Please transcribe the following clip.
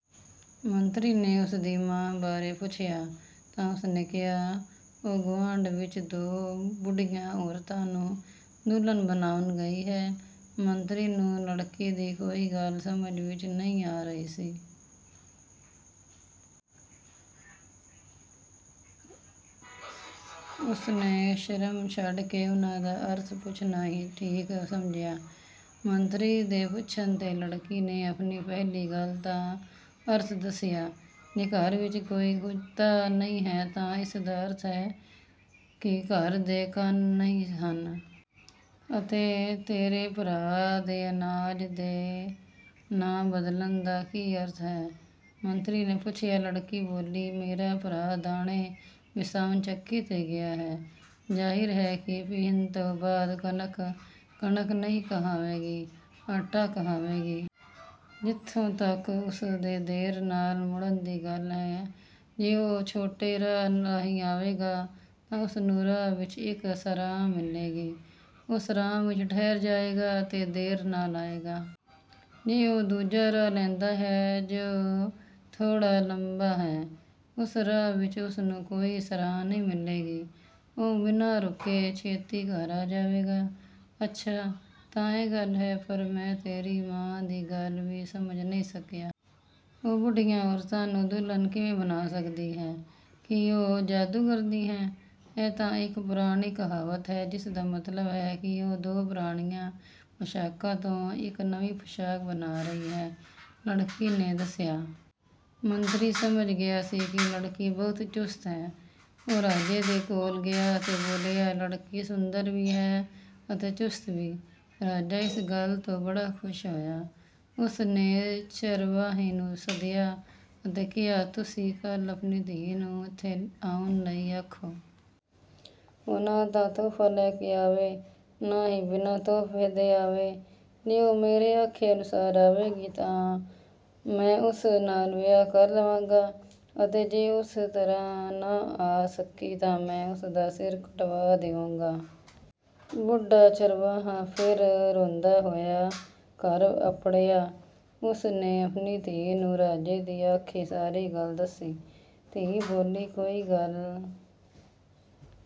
ਮੰਤਰੀ ਨੇ ਉਸ ਦੀ ਮਾਂ ਬਾਰੇ ਪੁੱਛਿਆ ਤਾਂ ਉਸ ਨੇ ਕਿਹਾ, "ਉਹ ਗੁਆਂਢ ਵਿੱਚ ਦੋ ਬੁੱਢੀਆਂ ਔਰਤਾਂ ਨੂੰ ਦੁਲਹਨ ਬਣਾਉਣ ਗਈ ਹੈ।" ਮੰਤਰੀ ਨੂੰ ਲੜਕੀ ਦੀ ਕੋਈ ਗੱਲ ਸਮਝ ਵਿੱਚ ਨਹੀਂ ਆ ਰਹੀ ਸੀ। ਉਸ ਨੇ ਸ਼ਰਮ ਛੱਡ ਕੇ ਉਨ੍ਹਾਂ ਦਾ ਅਰਥ ਪੁੱਛਣਾ ਹੀ ਠੀਕ ਸਮਝਿਆ। ਮੰਤਰੀ ਦੇ ਪੁੱਛਣ 'ਤੇ ਲੜਕੀ ਨੇ ਆਪਣੀ ਪਹਿਲੀ ਗੱਲ ਦਾ ਅਰਥ ਦੱਸਿਆ, "ਜੇ ਘਰ ਵਿੱਚ ਕੋਈ ਕੁੱਤਾ ਨਹੀਂ ਹੈ ਤਾਂ ਇਸ ਦਾ ਅਰਥ ਹੈ ਕਿ ਘਰ ਦੇ ਕੰਨ ਨਹੀਂ ਹਨ।" "ਅਤੇ ਤੇਰੇ ਭਰਾ ਦੇ ਅਨਾਜ ਦੇ ਨਾਂ ਬਦਲਣ ਦਾ ਕੀ ਅਰਥ ਹੈ?" ਮੰਤਰੀ ਨੇ ਪੁੱਛਿਆ। ਲੜਕੀ ਬੋਲੀ, "ਮੇਰਾ ਭਰਾ ਦਾਣੇ ਪਿਸਾਉਣ ਚੱਕੀ 'ਤੇ ਗਿਆ ਹੈ। ਜ਼ਾਹਿਰ ਹੈ ਕਿ ਪੀਹਣ ਤੋਂ ਬਾਅਦ ਕਣਕ, ਕਣਕ ਨਹੀਂ ਕਹਾਵੇਗੀ, ਆਟਾ ਕਹਾਵੇਗੀ। ਜਿੱਥੋਂ ਤੱਕ ਉਸ ਦੇ ਦੇਰ ਨਾਲ ਮੁੜਨ ਦੀ ਗੱਲ ਹੈ, ਜੇ ਉਹ ਛੋਟੇ ਰਾਹ ਰਾਹੀਂ ਆਵੇਗਾ ਤਾਂ ਉਸ ਨੂੰ ਰਾਹ ਵਿੱਚ ਇੱਕ ਸਰਾਂ ਮਿਲੇਗੀ। ਉਹ ਸਰਾਂ ਵਿੱਚ ਠਹਿਰ ਜਾਏਗਾ ਅਤੇ ਦੇਰ ਨਾਲ ਆਏਗਾ। ਜੇ ਉਹ ਦੂਜਾ ਰਾਹ ਲੈਂਦਾ ਹੈ, ਜੋ ਥੋੜ੍ਹਾ ਲੰਮਾ ਹੈ, ਉਸ ਰਾਹ ਵਿੱਚ ਉਸ ਨੂੰ ਕੋਈ ਸਰਾਂ ਨਹੀਂ ਮਿਲੇਗੀ। ਉਹ ਬਿਨਾਂ ਰੁਕੇ ਛੇਤੀ ਘਰ ਆ ਜਾਵੇਗਾ।" "ਅੱਛਾ, ਤਾਂ ਇਹ ਗੱਲ ਹੈ! ਪਰ ਮੈਂ ਤੇਰੀ ਮਾਂ ਦੀ ਗੱਲ ਵੀ ਸਮਝ ਨਹੀਂ ਸਕਿਆ। ਉਹ ਬੁੱਢੀਆਂ ਔਰਤਾਂ ਨੂੰ ਦੁਲਹਨ ਕਿਵੇਂ ਬਣਾ ਸਕਦੀ ਹੈ, ਕੀ ਉਹ ਜਾਦੂਗਰਨੀ ਹੈ?" "ਇਹ ਤਾਂ ਇੱਕ ਪੁਰਾਣੀ ਕਹਾਵਤ ਹੈ, ਜਿਸ ਦਾ ਮਤਲਬ ਹੈ ਕਿ ਉਹ ਦੋ ਪੁਰਾਣੀਆਂ ਪੌਸ਼ਾਕਾਂ ਤੋਂ ਇੱਕ ਨਵੀਂ ਪੌਸ਼ਾਕ ਬਣਾ ਰਹੀ ਹੈ," ਲੜਕੀ ਨੇ ਦੱਸਿਆ। ਮੰਤਰੀ ਸਮਝ ਗਿਆ ਸੀ ਕਿ ਲੜਕੀ ਬਹੁਤ ਚੁਸਤ ਹੈ। ਉਹ ਰਾਜੇ ਦੇ ਕੋਲ ਗਿਆ ਅਤੇ ਬੋਲਿਆ, "ਲੜਕੀ ਸੁੰਦਰ ਵੀ ਹੈ ਅਤੇ ਚੁਸਤ ਵੀ।" ਰਾਜਾ ਇਸ ਗੱਲ ਤੋਂ ਬੜਾ ਖ਼ੁਸ਼ ਹੋਇਆ। ਉਸ ਨੇ ਚਰਵਾਹੇ ਨੂੰ ਸੱਦਿਆ ਅਤੇ ਕਿਹਾ, "ਤੁਸੀਂ ਕੱਲ੍ਹ ਆਪਣੀ ਧੀ ਨੂੰ ਇੱਥੇ ਆਉਣ ਲਈ ਆਖੋ। ਉਹ ਨਾ ਤਾਂ ਤੋਹਫ਼ਾ ਲੈ ਕੇ ਆਵੇ, ਨਾ ਹੀ ਬਿਨਾਂ ਤੋਹਫ਼ੇ ਦੇ ਆਵੇ। ਜੇ ਉਹ ਮੇਰੇ ਆਖੇ ਅਨੁਸਾਰ ਆਵੇਗੀ ਤਾਂ ਮੈਂ ਉਸ ਨਾਲ ਵਿਆਹ ਕਰ ਲਵਾਂਗਾ ਅਤੇ ਜੇ ਉਸ ਤਰ੍ਹਾਂ ਨਾ ਆ ਸਕੀ ਤਾਂ ਮੈਂ ਉਸ ਦਾ ਸਿਰ ਕਟਵਾ ਦਿਊਂਗਾ।" ਬੁੱਢਾ ਚਰਵਾਹਾ ਫੇਰ ਰੋਂਦਾ ਹੋਇਆ ਘਰ ਅੱਪੜਿਆ। ਉਸ ਨੇ ਆਪਣੀ ਧੀ ਨੂੰ ਰਾਜੇ ਦੀ ਆਖੀ ਸਾਰੀ ਗੱਲ ਦੱਸੀ। ਧੀ ਬੋਲੀ, ''ਕੋਈ ਗੱਲ